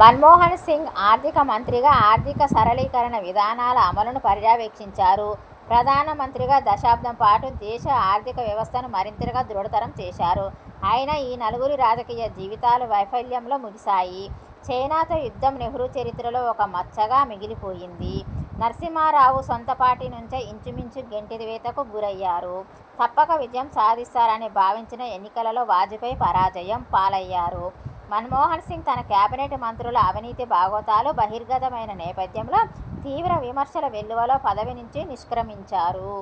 మన్మోహన్ సింగ్ ఆర్థిక మంత్రిగా ఆర్థిక సరళీకరణ విధానాల అమలును పర్యవేక్షించారు. ప్రధానమంత్రిగా దశాబ్దం పాటు దేశ ఆర్థిక వ్యవస్థను మరింతగా దృఢతరం చేశారు. అయినా ఈ నలుగురి రాజకీయ జీవితాలూ వైఫల్యంలో ముగిసాయి. చైనాతో యుద్ధం నెహ్రూ చరిత్రలో ఒక మచ్చగా మిగిలిపోయింది; నరసింహారావు సొంత పార్టీ నుంచే ఇంచుమించు గెంటివేతకు గురయ్యారు; తప్పక విజయం సాధిస్తారని భావించిన ఎన్నికలలో వాజపేయి పరాజయం పాలయ్యారు; మన్మోహన్ సింగ్, తన కేబినెట్ మంత్రుల అవినీతి బాగోతాలు బహిర్గతమయిన నేపథ్యంలో తీవ్ర విమర్శల వెల్లువలో పదవినుంచి నిష్ర్కమించారు.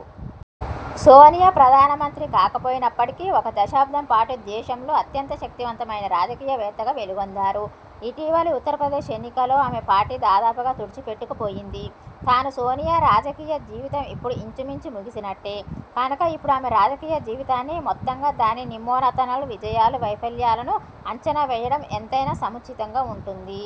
సోనియా ప్రధానమంత్రి కాకపోయినప్పటికీ ఒక దశాబ్దం పాటు దేశంలో అత్యంత శక్తిమంతమైన రాజకీయవేత్తగా వెలుగొందారు. ఇటీవలి ఉత్తరప్రదేశ్ ఎన్నికల్లో ఆమె పార్టీ దాదాపుగా తుడిచిపెట్టుకు పోయింది. తాను, సోనియా రాజకీయ జీవితం ఇప్పుడు ఇంచుమించు ముగిసినట్టే. కనుక ఇప్పుడు ఆమె రాజకీయ జీవితాన్ని మొత్తంగా దాని నిమ్నోన్నతాలు, విజయాలూ వైఫల్యాలను అంచనా వేయడం ఎంతైనా సముచితంగా ఉంటుంది.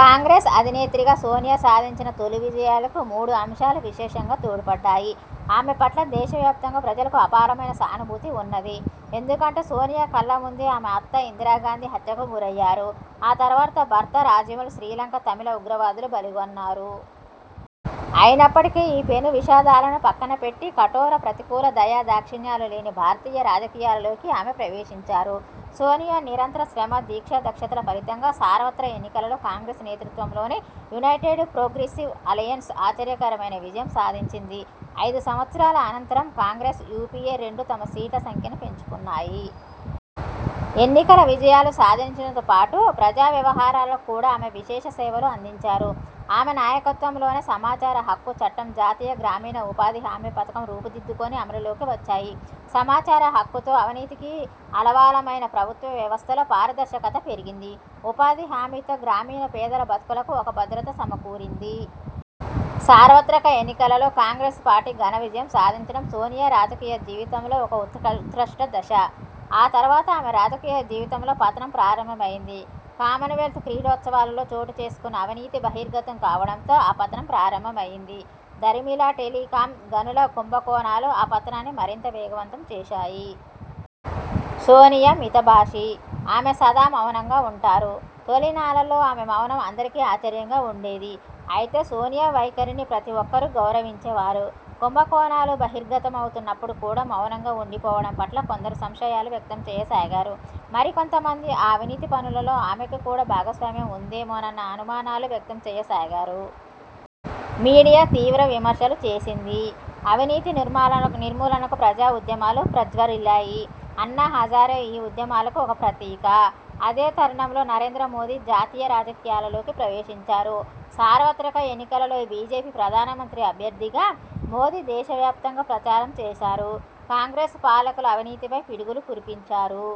కాంగ్రెస్ అధినేత్రిగా సోనియా సాధించిన తొలి విజయాలకు మూడు అంశాలు విశేషంగా తోడ్పడ్డాయి. ఆమె పట్ల దేశవ్యాప్తంగా ప్రజలకు అపారమైన సానుభూతి వున్నది. ఎందుకంటే సోనియా కళ్ళ ముందే ఆమె అత్త ఇందిరాగాంధీ హత్యకు గురయ్యారు. ఆ తరువాత భర్త రాజీవ్ను శ్రీలంక తమిళ ఉగ్రవాదులు బలిగొన్నారు. అయినప్పటికీ ఈ పెను విషాదాలను పక్కన పెట్టి కఠోర, ప్రతికూల దయాదాక్షిణ్యాలు లేని భారత రాజకీయాలలోకి ఆమె ప్రవేశించారు. సోనియా నిరంతర శ్రమ, దీక్షా దక్షతల ఫలితంగా సార్వత్రక ఎన్నికలలో కాంగ్రెస్ నేతృత్వంలోని యునైటెడ్ ప్రోగ్రెసివ్ అలయెన్స్ ఆశ్చర్యకరమైన విజయం సాధించింది. ఐదు సంవత్సరాల అనంతరం కాంగ్రెస్, యూపీఏ రెండూ తమ సీట్ల సంఖ్యను పెంచుకున్నాయి. ఎన్నికల విజయాలు సాధించడంతో పాటు ప్రజా వ్యవహారాలకు కూడా ఆమె విశేష సేవలు అందించారు. ఆమె నాయకత్వంలోనే సమచార హక్కు చట్టం, జాతీయ గ్రామీణ ఉపాధి హామీ పథకం రూపు దిద్దుకుని అమలులోకి వచ్చాయి. సమాచారహక్కుతో, అవినీతికి ఆలవాలమైన ప్రభుత్వ వ్యవస్థలో పారదర్శకత పెరిగింది. ఉపాధి హామీతో గ్రామీణ పేదల బతుకులకు ఒక భద్రత సమకూరింది. సార్వత్రక ఎన్నికలలో కాంగ్రెస్ పార్టీ ఘన విజయం సాధించడం సోనియా రాజకీయ జీవితంలో ఒక ఉత్కృష్ట దశ. ఆ తరువాత ఆమె రాజకీయ జీవితంలో పతనం ప్రారంభమయింది. కామన్వెల్త్ క్రీడోత్సవాలలో చోటుచేసుక్ను అవినీతి బహిర్గతం కావడంతో ఆ పతనం ప్రారంభమయింది. దరిమిలా టెలికామ్, గనుల కుంభకోణాలు ఆ పతనాన్ని మరింత వేగవంతం చేశాయి. సోనియా మితభాషి. ఆమె సదా మౌనంగా వుంటారు. తొలినాళ్ళలో ఆమె మౌనం అందరికీ ఆశ్చర్యంగా వుండేది. అయితే సోనియా వైఖరిని ప్రతి ఒక్కరూ గౌరవించేవారు. కుంభకోణాలు బహిర్గతమవుతున్నప్పుడు కూడా మౌనంగా వుండిపోవడం పట్ల కొందరు సంశయాలు వ్యక్తంచేయసాగారు. మరికొంత మంది ఆ అవినీతి పనులలో ఆమెకు కూడా భాగస్వామ్యం వుందేమోనన్న అనుమానాలు వ్యక్తం చేయసాగారు. మీడియా తీవ్ర విమర్శలు చేసింది. అవినీతి నిర్మూలనకు ప్రజా ఉద్యమాలు ప్రజ్వరిల్లాయి. అన్నా హజారే ఈ ఉద్యమాలకు ఒక ప్రతీక. అదే తరుణంలో నరేంద్ర మోదీ జాతీయ రాజకీయాలలోకి ప్రవేశించారు. సార్వత్రక ఎన్నికలలో బీజేపీ ప్రధానమంత్రి అభ్యర్థిగా మోదీ దేశవ్యాప్తంగా ప్రచారం చేశారు. కాంగ్రెస్ పాలకుల అవినీతిపై పిడుగులు కురిపించారు.